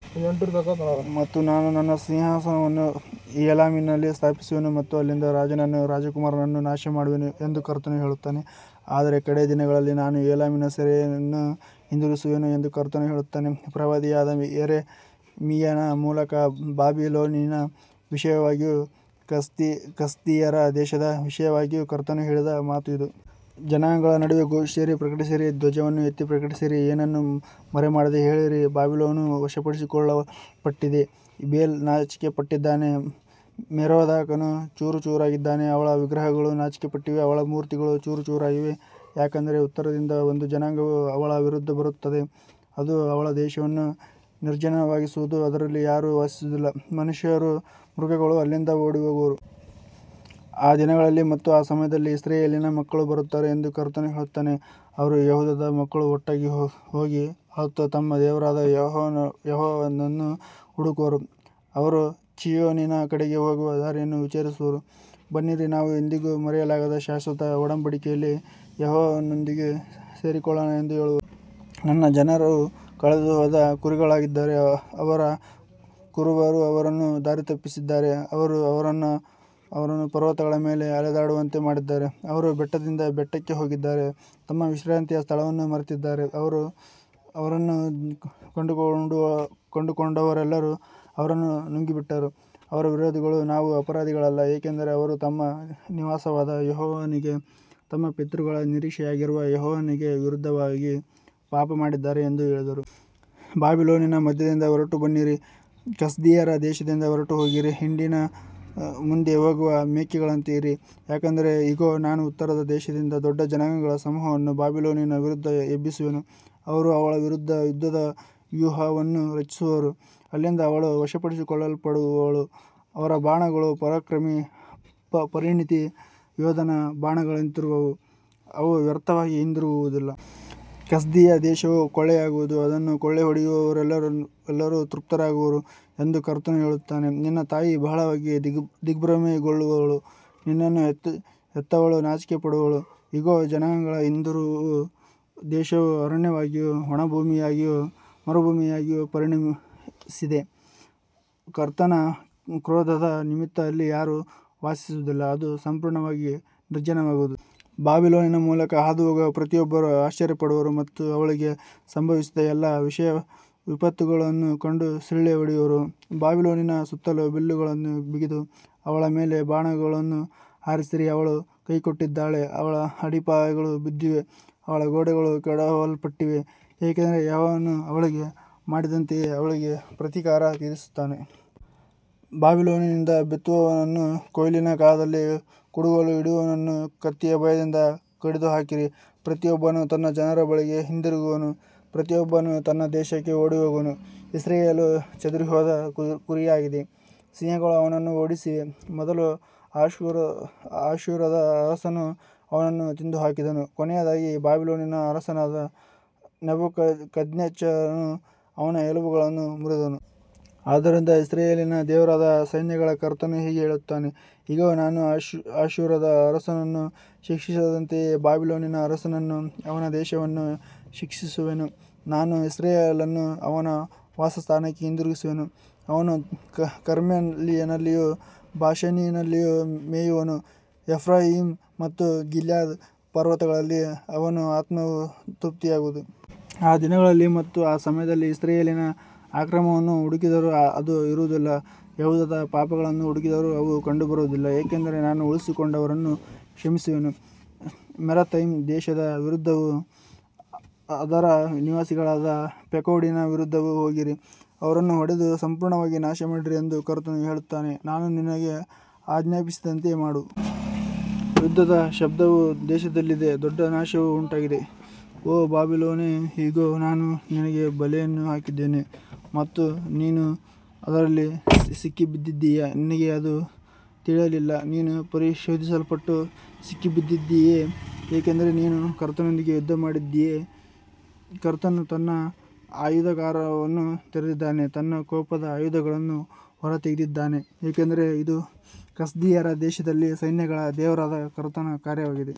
ಮತ್ತು ನಾನು ನನ್ನ ಸಿಂಹಾಸನವನ್ನು ಏಲಾಮಿನಲ್ಲಿ ಸ್ಥಾಪಿಸುವೆನು ಮತ್ತು ಅಲ್ಲಿಂದ ರಾಜನನ್ನೂ ರಾಜಕುಮಾರರನ್ನೂ ನಾಶಮಾಡುವೆನು ಎಂದು ಕರ್ತನು ಹೇಳುತ್ತಾನೆ. ಆದರೆ ಕಡೇ ದಿನಗಳಲ್ಲಿ ನಾನು ಏಲಾಮಿನ ಸೆರೆಯನ್ನು ಹಿಂದಿರುಗಿಸುವೆನು ಎಂದು ಕರ್ತನು ಹೇಳುತ್ತಾನೆ. ಪ್ರವಾದಿಯಾದ ಯೆರೆಮೀಯನ ಮೂಲಕ ಬಾಬಿಲೋನಿನ ವಿಷಯವಾಗಿಯೂ ಕಸ್ದೀಯರ ದೇಶದ ವಿಷಯವಾಗಿಯೂ ಕರ್ತನು ಹೇಳಿದ ಮಾತು ಇದು. ಜನಾಂಗಗಳ ನಡುವೆ ಘೋಷಿಸಿರಿ, ಪ್ರಕಟಿಸಿರಿ, ಧ್ವಜವನ್ನು ಎತ್ತಿ ಪ್ರಕಟಿಸಿರಿ, ಏನನ್ನೂ ಮರೆಮಾಡದೆ ಹೇಳಿರಿ, ಬಾಬಿಲೋನು ವಶಪಡಿಸಿಕೊಳ್ಳಲ್ಪಟ್ಟಿದೆ, ಬೇಲ್ ನಾಚಿಕೆಪಟ್ಟಿದ್ದಾನೆ, ಮೆರೋದಾಕನು ಚೂರುಚೂರಾಗಿದ್ದಾನೆ, ಅವಳ ವಿಗ್ರಹಗಳು ನಾಚಿಕೆಪಟ್ಟಿವೆ, ಅವಳ ಮೂರ್ತಿಗಳು ಚೂರುಚೂರಾಗಿವೆ. ಯಾಕಂದರೆ ಉತ್ತರದಿಂದ ಒಂದು ಜನಾಂಗವು ಅವಳ ವಿರುದ್ಧ ಬರುತ್ತದೆ, ಅದು ಅವಳ ದೇಶವನ್ನು ನಿರ್ಜನವಾಗಿಸುವುದು, ಅದರಲ್ಲಿ ಯಾರೂ ವಾಸಿಸುವುದಿಲ್ಲ, ಮನುಷ್ಯರೂ ಮೃಗಗಳೂ ಅಲ್ಲಿಂದ ಓಡಿಹೋಗುವರು. ಆ ದಿನಗಳಲ್ಲಿ ಮತ್ತು ಆ ಸಮಯದಲ್ಲಿ ಇಸ್ರಾಯೇಲಿನ ಮಕ್ಕಳು ಬರುತ್ತಾರೆ ಎಂದು ಕರ್ತನು ಹೇಳುತ್ತಾನೆ, ಅವರೂ ಯೆಹೂದದ ಮಕ್ಕಳೂ ಒಟ್ಟಾಗಿ ಹೋಗಿ ಅಳುತ್ತಾ ತಮ್ಮ ದೇವರಾದ ಯೆಹೋವನನ್ನು ಹುಡುಕುವರು. ಅವರು ಚೀಯೋನಿನ ಕಡೆಗೆ ಹೋಗುವ ದಾರಿಯನ್ನು ವಿಚಾರಿಸುವರು, ಬನ್ನಿರಿ, ನಾವು ಎಂದಿಗೂ ಮರೆಯಲಾಗದ ಶಾಶ್ವತ ಒಡಂಬಡಿಕೆಯಲ್ಲಿ ಯೆಹೋವನೊಂದಿಗೆ ಸೇರಿಕೊಳ್ಳೋಣ ಎಂದು ಹೇಳುವರು. ನನ್ನ ಜನರು ಕಳೆದುಹೋದ ಕುರಿಗಳಾಗಿದ್ದಾರೆ, ಅವರ ಕುರುಬರು ಅವರನ್ನು ದಾರಿತಪ್ಪಿಸಿದ್ದಾರೆ, ಅವರು ಅವರನ್ನು ಪರ್ವತಗಳ ಮೇಲೆ ಅಲೆದಾಡುವಂತೆ ಮಾಡಿದ್ದಾರೆ, ಅವರು ಬೆಟ್ಟದಿಂದ ಬೆಟ್ಟಕ್ಕೆ ಹೋಗಿದ್ದಾರೆ, ತಮ್ಮ ವಿಶ್ರಾಂತಿಯ ಸ್ಥಳವನ್ನು ಮರೆತಿದ್ದಾರೆ. ಅವರನ್ನು ಕಂಡುಕೊಂಡವರೆಲ್ಲರೂ ಅವರನ್ನು ನುಂಗಿಬಿಟ್ಟರು, ಅವರ ವಿರೋಧಿಗಳು, ನಾವು ಅಪರಾಧಿಗಳಲ್ಲ, ಏಕೆಂದರೆ ಅವರು ತಮ್ಮ ನಿವಾಸವಾದ ಯೆಹೋವನಿಗೆ, ತಮ್ಮ ಪಿತೃಗಳ ನಿರೀಕ್ಷೆಯಾಗಿರುವ ಯೆಹೋವನಿಗೆ ವಿರುದ್ಧವಾಗಿ ಪಾಪಮಾಡಿದ್ದಾರೆ ಎಂದು ಹೇಳಿದರು. ಬಾಬಿಲೋನಿನ ಮಧ್ಯದಿಂದ ಹೊರಟುಬನ್ನಿರಿ, ಕಸ್ದೀಯರ ದೇಶದಿಂದ ಹೊರಟುಹೋಗಿರಿ, ಹಿಂಡಿನ ಮುಂದೆ ಹೋಗುವ ಮೇಕೆಗಳಂತೆ ಇರಿ. ಯಾಕಂದರೆ ಇಗೋ, ನಾನು ಉತ್ತರದ ದೇಶದಿಂದ ದೊಡ್ಡ ಜನಾಂಗಗಳ ಸಮೂಹವನ್ನು ಬಾಬಿಲೋನಿನ ವಿರುದ್ಧ ಎಬ್ಬಿಸುವೆನು, ಅವರು ಅವಳ ವಿರುದ್ಧ ಯುದ್ಧದ ವ್ಯೂಹವನ್ನು ರಚಿಸುವರು, ಅಲ್ಲಿಂದ ಅವಳು ವಶಪಡಿಸಿಕೊಳ್ಳಲ್ಪಡುವಳು, ಅವರ ಬಾಣಗಳು ಪರಾಕ್ರಮಿ ಪರಿಣಿತ ಯೋಧನ ಬಾಣಗಳಂತಿರುವವು, ಅವು ವ್ಯರ್ಥವಾಗಿ ಹಿಂದಿರುಗುವುದಿಲ್ಲ. ಕಸ್ದೀಯ ದೇಶವು ಕೊಳ್ಳೆಯಾಗುವುದು, ಅದನ್ನು ಕೊಳ್ಳೆಹೊಡೆಯುವವರೆಲ್ಲರೂ ತೃಪ್ತರಾಗುವರು ಎಂದು ಕರ್ತನು ಹೇಳುತ್ತಾನೆ. ನಿನ್ನ ತಾಯಿ ಬಹಳವಾಗಿ ದಿಗ್ಭ್ರಮೆಗೊಳ್ಳುವಳು, ನಿನ್ನನ್ನು ಹೆತ್ತವಳು ನಾಚಿಕೆಪಡುವಳು, ಇಗೋ, ಜನಾಂಗಗಳ ಹಿಂದಿರುವ ದೇಶವು ಅರಣ್ಯವಾಗಿಯೂ ಒಣಭೂಮಿಯಾಗಿಯೂ ಮರುಭೂಮಿಯಾಗಿಯೂ ಪರಿಣಮಿಸಿದೆ. ಕರ್ತನ ಕ್ರೋಧದ ನಿಮಿತ್ತ ಅಲ್ಲಿ ಯಾರೂ ವಾಸಿಸುವುದಿಲ್ಲ, ಅದು ಸಂಪೂರ್ಣವಾಗಿ ನಿರ್ಜನವಾಗುವುದು. ಬಾಬಿಲೋನಿನ ಮೂಲಕ ಹಾದುಹೋಗುವ ಪ್ರತಿಯೊಬ್ಬರೂ ಆಶ್ಚರ್ಯಪಡುವರು ಮತ್ತು ಅವಳಿಗೆ ಸಂಭವಿಸಿದ ಎಲ್ಲಾ ವಿಪತ್ತುಗಳನ್ನು ಕಂಡು ಸಿಳ್ಳೆ ಹೊಡೆಯುವರು. ಬಾಬಿಲೋನಿನ ಸುತ್ತಲೂ ಬಿಲ್ಲುಗಳನ್ನು ಬಿಗಿದು ಅವಳ ಮೇಲೆ ಬಾಣಗಳನ್ನು ಹಾರಿಸಿರಿ, ಅವಳು ಕೈಕೊಟ್ಟಿದ್ದಾಳೆ, ಅವಳ ಅಡಿಪಾಯಗಳು ಬಿದ್ದಿವೆ, ಅವಳ ಗೋಡೆಗಳು ಕೆಡವಲ್ಪಟ್ಟಿವೆ, ಏಕೆಂದರೆ ಯೆಹೋವನು ಅವಳಿಗೆ ಮಾಡಿದಂತೆಯೇ ಅವಳಿಗೆ ಪ್ರತೀಕಾರ ತೀರಿಸುತ್ತಾನೆ. ಬಾಬಿಲೋನಿನಿಂದ ಬಿತ್ತುವವನನ್ನೂ ಕೊಯ್ಲಿನ ಕಾಲದಲ್ಲಿ ಕುಡುಗೋಲು ಹಿಡಿಯುವವನನ್ನೂ ಕತ್ತಿಯ ಭಯದಿಂದ ಕಡಿದುಹಾಕಿರಿ, ಪ್ರತಿಯೊಬ್ಬನೂ ತನ್ನ ಜನರ ಬಳಿಗೆ ಹಿಂದಿರುಗುವನು, ಪ್ರತಿಯೊಬ್ಬನೂ ತನ್ನ ದೇಶಕ್ಕೆ ಓಡಿಹೋಗುವನು. ಇಸ್ರಾಯೇಲು ಚದುರಿಹೋದ ಕುರಿಯಾಗಿದೆ, ಸಿಂಹಗಳು ಅವನನ್ನು ಓಡಿಸಿವೆ, ಮೊದಲು ಅಶ್ಶೂರದ ಅರಸನು ಅವನನ್ನು ತಿಂದುಹಾಕಿದನು, ಕೊನೆಯದಾಗಿ ಬಾಬಿಲೋನಿನ ಅರಸನಾದ ನೆಬೂಕದ್ನೆಚ್ಚರನು ಅವನ ಎಲುಬುಗಳನ್ನು ಮುರಿದನು. ಆದ್ದರಿಂದ ಇಸ್ರಾಯೇಲಿನ ದೇವರಾದ ಸೈನ್ಯಗಳ ಕರ್ತನು ಹೀಗೆ ಹೇಳುತ್ತಾನೆ, ಇಗೋ, ನಾನು ಅಶ್ಶೂರದ ಅರಸನನ್ನು ಶಿಕ್ಷಿಸಿದಂತೆಯೇ ಬಾಬಿಲೋನಿನ ಅರಸನನ್ನೂ ಅವನ ದೇಶವನ್ನೂ ಶಿಕ್ಷಿಸುವೆನು. ನಾನು ಇಸ್ರಾಯೇಲನ್ನು ಅವನ ವಾಸಸ್ಥಾನಕ್ಕೆ ಹಿಂದಿರುಗಿಸುವೆನು, ಅವನು ಕರ್ಮೆಲಿನಲ್ಲಿಯೂ ಬಾಷಾನಿನಲ್ಲಿಯೂ ಮೇಯುವನು, ಎಫ್ರಾಯೀಮ್ ಮತ್ತು ಗಿಲ್ಯಾದ್ ಪರ್ವತಗಳಲ್ಲಿ ಅವನ ಆತ್ಮವು ತೃಪ್ತಿಯಾಗುವುದು. ಆ ದಿನಗಳಲ್ಲಿ ಮತ್ತು ಆ ಸಮಯದಲ್ಲಿ ಇಸ್ರಾಯೇಲಿನ ಅಕ್ರಮವನ್ನು ಹುಡುಕಿದರೂ ಅದು ಇರುವುದಿಲ್ಲ, ಯೆಹೂದದ ಪಾಪಗಳನ್ನೂ ಹುಡುಕಿದರೂ ಅವು ಕಂಡುಬರುವುದಿಲ್ಲ, ಏಕೆಂದರೆ ನಾನು ಉಳಿಸಿಕೊಂಡವರನ್ನು ಕ್ಷಮಿಸುವೆನು. ಮೆರತೈಮ್ ದೇಶದ ವಿರುದ್ಧವೂ, ಅದರ ನಿವಾಸಿಗಳಾದ ಪೆಕೋಡಿನ ವಿರುದ್ಧವೂ ಹೋಗಿರಿ, ಅವರನ್ನು ಹೊಡೆದು ಸಂಪೂರ್ಣವಾಗಿ ನಾಶಮಾಡಿರಿ ಎಂದು ಕರ್ತನು ಹೇಳುತ್ತಾನೆ, ನಾನು ನಿನಗೆ ಆಜ್ಞಾಪಿಸಿದಂತೆ ಮಾಡು. ಯುದ್ಧದ ಶಬ್ದವು ದೇಶದಲ್ಲಿದೆ, ದೊಡ್ಡ ನಾಶವು ಉಂಟಾಗಿದೆ. ಓ ಬಾಬಿಲೋನೇ, ಇಗೋ, ನಾನು ನಿನಗೆ ಬಲೆಯನ್ನು ಹಾಕಿದ್ದೇನೆ ಮತ್ತು ನೀನು ಅದರಲ್ಲಿ ಸಿಕ್ಕಿಬಿದ್ದಿದ್ದೀಯೆ, ನಿನಗೆ ಅದು ತಿಳಿಯಲಿಲ್ಲ, ನೀನು ಪರಿಶೋಧಿಸಲ್ಪಟ್ಟು ಸಿಕ್ಕಿಬಿದ್ದಿದ್ದೀಯೆ, ಏಕೆಂದರೆ ನೀನು ಕರ್ತನೊಂದಿಗೆ ಯುದ್ಧಮಾಡಿದ್ದೀಯೆ. ಕರ್ತನು ತನ್ನ ಆಯುಧಾಗಾರವನ್ನು ತೆರೆದಿದ್ದಾನೆ, ತನ್ನ ಕೋಪದ ಆಯುಧಗಳನ್ನು ಹೊರತೆಗೆದಿದ್ದಾನೆ, ಏಕೆಂದರೆ ಇದು ಕಸ್ದೀಯರ ದೇಶದಲ್ಲಿ ಸೈನ್ಯಗಳ ದೇವರಾದ ಕರ್ತನ ಕಾರ್ಯವಾಗಿದೆ.